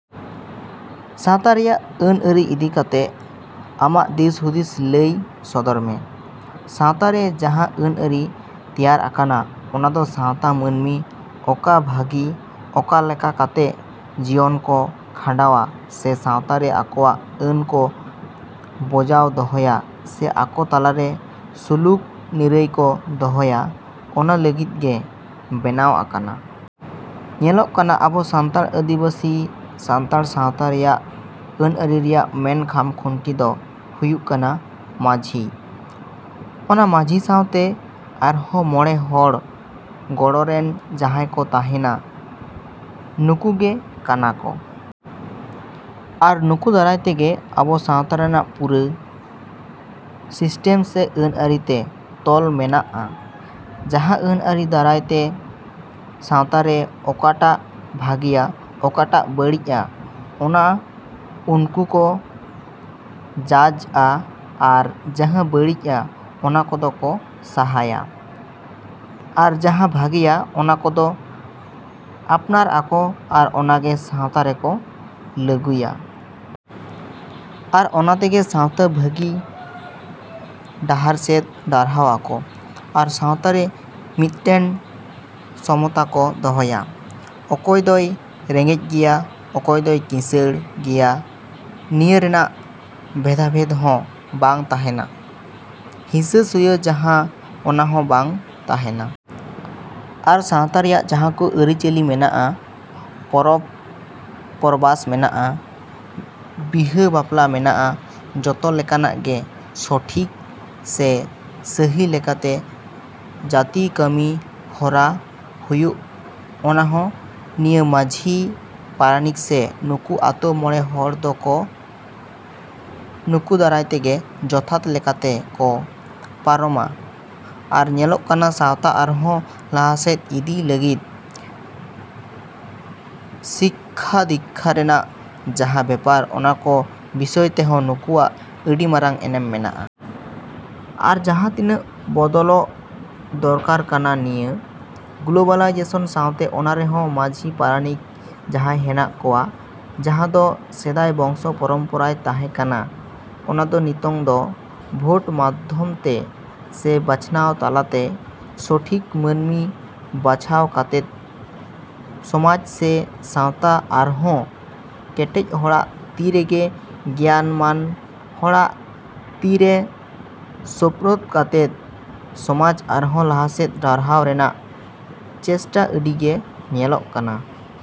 ᱥᱟᱶᱛᱟ ᱨᱮᱭᱟᱜ ᱟᱹᱱ ᱟᱹᱨᱤ ᱤᱫᱤ ᱠᱟᱛᱮᱜ ᱟᱢᱟᱜ ᱫᱤᱥ ᱦᱩᱫᱤᱥ ᱞᱟᱹᱭ ᱥᱚᱫᱚᱨ ᱢᱮ᱾ ᱥᱟᱶᱛᱟ ᱨᱮ ᱡᱟᱦᱟᱸ ᱟᱹᱱ ᱟᱹᱨᱤ ᱛᱮᱭᱟᱨ ᱟᱠᱟᱱᱟ ᱚᱱᱟ ᱫᱚ ᱥᱟᱶᱛᱟ ᱢᱟᱹᱱᱢᱤ ᱚᱠᱟ ᱵᱷᱟᱜᱤ, ᱚᱠᱟ ᱞᱮᱠᱟ ᱠᱟᱛᱮᱜ ᱡᱤᱭᱚᱱ ᱠᱚ ᱠᱷᱟᱸᱰᱟᱣᱟ ᱥᱮ ᱥᱟᱶᱛᱟ ᱨᱮ ᱟᱠᱚᱣᱟᱜ ᱟᱹᱱ ᱠᱚ ᱵᱚᱡᱟᱭ ᱫᱚᱦᱚᱭᱟ ᱥᱮ ᱟᱠᱚ ᱛᱟᱞᱟ ᱨᱮ ᱥᱩᱞᱩᱠ ᱱᱤᱨᱟᱹᱭ ᱠᱚ ᱫᱚᱦᱚᱭᱟ, ᱚᱱᱟ ᱞᱟᱹᱜᱤᱫ ᱜᱮ ᱵᱮᱱᱟᱣ ᱟᱠᱟᱱᱟ᱾ ᱧᱮᱞᱚᱜ ᱠᱟᱱᱟ ᱟᱵᱚ ᱥᱟᱱᱛᱟᱲ ᱟᱹᱫᱤᱵᱟᱹᱥᱤ ᱥᱟᱱᱛᱟᱲ ᱥᱟᱶᱛᱟ ᱨᱮᱭᱟᱜ ᱟᱹᱱ ᱟᱹᱨᱤ ᱨᱮᱭᱟᱜ ᱢᱮᱱ ᱠᱷᱟᱢ ᱠᱷᱩᱱᱴᱤ ᱫᱚ ᱦᱩᱭᱩᱜ ᱠᱟᱱᱟ ᱢᱟᱺᱡᱷᱤ᱾ ᱚᱱᱟ ᱢᱟᱺᱡᱷᱤ ᱥᱟᱶᱛᱮ ᱟᱨᱦᱚᱸ ᱢᱚᱬᱮ ᱦᱚᱲ ᱜᱚᱲᱚ ᱨᱮᱱ ᱡᱟᱦᱟᱸᱭ ᱠᱚ ᱛᱟᱦᱮᱸᱱᱟ, ᱱᱩᱠᱩ ᱜᱮ ᱠᱟᱱᱟ ᱠᱚ, ᱟᱨ ᱱᱩᱠᱩ ᱫᱟᱨᱟᱭ ᱛᱮᱜᱮ ᱟᱵᱚ ᱥᱟᱶᱛᱟ ᱨᱮᱱᱟᱜ ᱯᱩᱨᱟᱹ ᱥᱤᱥᱴᱮᱢ ᱥᱮ ᱟᱹᱱ ᱟᱹᱨᱤ ᱛᱮ ᱛᱚᱞ ᱢᱮᱱᱟᱜᱼᱟ, ᱡᱟᱦᱟᱸ ᱟᱹᱱ ᱟᱹᱨᱤ ᱫᱟᱨᱟᱭ ᱛᱮ ᱥᱟᱶᱛᱟ ᱨᱮ ᱚᱠᱟᱴᱟᱜ ᱵᱷᱟᱜᱮᱭᱟ, ᱚᱠᱟᱴᱟᱜ ᱵᱟᱹᱲᱤᱡᱼᱟ ᱚᱱᱟ ᱩᱱᱠᱩ ᱠᱚ ᱡᱟᱡᱽᱼᱟ ᱟᱨ ᱡᱟᱦᱟᱸ ᱵᱟᱹᱲᱤᱡᱼᱟ ᱚᱱᱟ ᱠᱚᱫᱚ ᱠᱚ ᱥᱟᱦᱟᱭᱟ, ᱟᱨ ᱡᱟᱦᱟᱸ ᱵᱷᱟᱜᱮᱭᱟ ᱚᱱᱟ ᱠᱚᱫᱚ ᱟᱯᱱᱟᱨ ᱟᱠᱚ ᱟᱨ ᱚᱱᱟ ᱜᱮ ᱥᱟᱶᱛᱟ ᱨᱮᱠᱚ ᱞᱟᱹᱜᱩᱭᱟ᱾ ᱟᱨ ᱚᱱᱟ ᱛᱮᱜᱮ ᱥᱟᱶᱛᱟ ᱵᱷᱟᱹᱜᱤ ᱰᱟᱦᱟᱨ ᱥᱮᱫ ᱰᱟᱨᱦᱟᱣ ᱟᱠᱚ᱾ ᱟᱨ ᱥᱟᱶᱛᱟ ᱨᱮ ᱢᱤᱫᱴᱮᱱ ᱥᱚᱢᱚᱛᱟ ᱠᱚ ᱫᱚᱦᱚᱭᱟ, ᱚᱠᱚᱭ ᱫᱚᱭ ᱨᱮᱸᱜᱮᱡ ᱜᱮᱭᱟ, ᱚᱠᱚᱭ ᱫᱚᱭ ᱠᱤᱸᱥᱟᱹᱬ ᱜᱮᱭᱟ, ᱱᱤᱭᱟᱹ ᱨᱮᱱᱟᱜ ᱵᱷᱮᱫᱟ ᱵᱷᱮᱫ ᱦᱚᱸ ᱵᱟᱝ ᱛᱟᱦᱮᱸᱱᱟ, ᱦᱤᱸᱥᱟᱹ ᱥᱩᱭᱟᱹ ᱡᱟᱦᱟᱸ ᱚᱱᱟ ᱦᱚᱸ ᱵᱟᱝ ᱛᱟᱦᱮᱸᱱᱟ᱾ ᱟᱨ ᱥᱟᱶᱛᱟ ᱨᱮᱭᱟᱜ ᱡᱟᱦᱟᱸ ᱠᱚ ᱟᱹᱨᱤ ᱪᱟᱹᱞᱤ ᱢᱮᱱᱟᱜᱼᱟ, ᱯᱚᱨᱚᱵᱽ ᱯᱚᱨᱵᱟᱥ ᱢᱮᱱᱟᱜᱼᱟ, ᱵᱤᱦᱟᱹ ᱵᱟᱯᱞᱟ ᱢᱮᱱᱟᱜᱼᱟ, ᱡᱚᱛᱚ ᱞᱮᱠᱟᱱᱟᱜ ᱜᱮ ᱥᱚᱴᱷᱤᱠ ᱥᱮ ᱥᱟᱹᱦᱤ ᱞᱮᱠᱟᱛᱮ ᱡᱟᱛᱮ ᱠᱟᱹᱢᱤ ᱦᱚᱨᱟ ᱦᱩᱭᱩᱜ ᱚᱱᱟ ᱦᱚᱸ ᱱᱤᱭᱟᱹ ᱢᱟᱺᱡᱷᱤ ᱯᱟᱨᱟᱱᱤᱠ ᱥᱮ ᱱᱩᱠᱩ ᱟᱛᱳ ᱢᱚᱬᱮ ᱦᱚᱲ ᱫᱚ ᱠᱚ ᱱᱩᱠᱩ ᱫᱟᱨᱟᱭ ᱛᱮᱜᱮ ᱡᱚᱛᱷᱟᱛ ᱞᱮᱠᱟᱛᱮ ᱠᱚ ᱯᱟᱨᱚᱢᱟ ᱟᱨ ᱧᱮᱞᱚᱜ ᱠᱟᱱᱟ ᱥᱟᱶᱛᱟ ᱟᱨᱦᱚᱸ ᱞᱟᱦᱟᱥᱮᱫ ᱤᱫᱤ ᱞᱟᱹᱜᱤᱫ ᱥᱤᱠᱠᱷᱟ-ᱫᱤᱠᱠᱷᱟ ᱨᱮᱱᱟᱜ ᱡᱟᱦᱟᱸ ᱵᱮᱯᱟᱨ ᱚᱱᱟ ᱠᱚ ᱵᱤᱥᱚᱭ ᱛᱮᱦᱚᱸ ᱱᱩᱠᱩᱣᱟᱜ ᱟᱹᱰᱤ ᱢᱟᱨᱟᱝ ᱮᱱᱮᱢ ᱢᱮᱱᱟᱜᱼᱟ᱾ ᱟᱨ ᱡᱟᱦᱟᱸ ᱛᱤᱱᱟᱹᱜ ᱵᱚᱫᱚᱞᱚᱜ ᱫᱚᱨᱠᱟᱨ ᱠᱟᱱᱟ ᱱᱤᱭᱟᱹ ᱜᱞᱳᱵᱟᱞᱟᱭᱡᱮᱥᱚᱱ ᱥᱟᱶᱛᱮ ᱚᱱᱟ ᱨᱮᱦᱚᱸ ᱢᱟᱺᱡᱷᱤ ᱯᱟᱨᱟᱱᱤᱠ ᱡᱟᱦᱟᱸᱭ ᱦᱮᱱᱟᱜ ᱠᱚᱣᱟ ᱡᱟᱦᱟᱸ ᱫᱚ ᱥᱮᱫᱟᱭ ᱵᱚᱝᱥᱚ ᱯᱚᱨᱚᱢ ᱯᱚᱨᱟᱭ ᱛᱟᱦᱮᱸ ᱠᱟᱱᱟ, ᱚᱱᱟ ᱫᱚ ᱱᱤᱛᱚᱝ ᱫᱚ ᱵᱷᱳᱴ ᱢᱟᱫᱽᱫᱷᱚᱢ ᱛᱮ ᱥᱮ ᱵᱟᱪᱷᱱᱟᱣ ᱛᱟᱞᱟ ᱛᱮ ᱥᱚᱴᱷᱤᱠ ᱢᱟᱹᱱᱢᱤ ᱵᱟᱪᱷᱟᱣ ᱠᱟᱛᱮᱫ ᱥᱚᱢᱟᱡᱽ ᱥᱮ ᱥᱟᱶᱛᱟ ᱟᱨᱦᱚᱸ ᱠᱮᱴᱮᱡ ᱦᱚᱲᱟᱜ ᱛᱤ ᱨᱮᱜᱮ ᱜᱮᱭᱟᱱ ᱢᱟᱱ ᱦᱚᱲᱟᱜ ᱛᱤ ᱨᱮ ᱥᱳᱯᱨᱳᱫ ᱠᱟᱛᱮᱫ ᱥᱚᱢᱟᱡᱽ ᱟᱨᱦᱚᱸ ᱞᱟᱦᱟᱥᱮᱫ ᱰᱟᱨᱦᱟᱣ ᱨᱮᱱᱟᱜ ᱪᱮᱥᱴᱟ ᱟᱹᱰᱤ ᱜᱮ ᱧᱮᱞᱚᱜ ᱠᱟᱱᱟ᱾।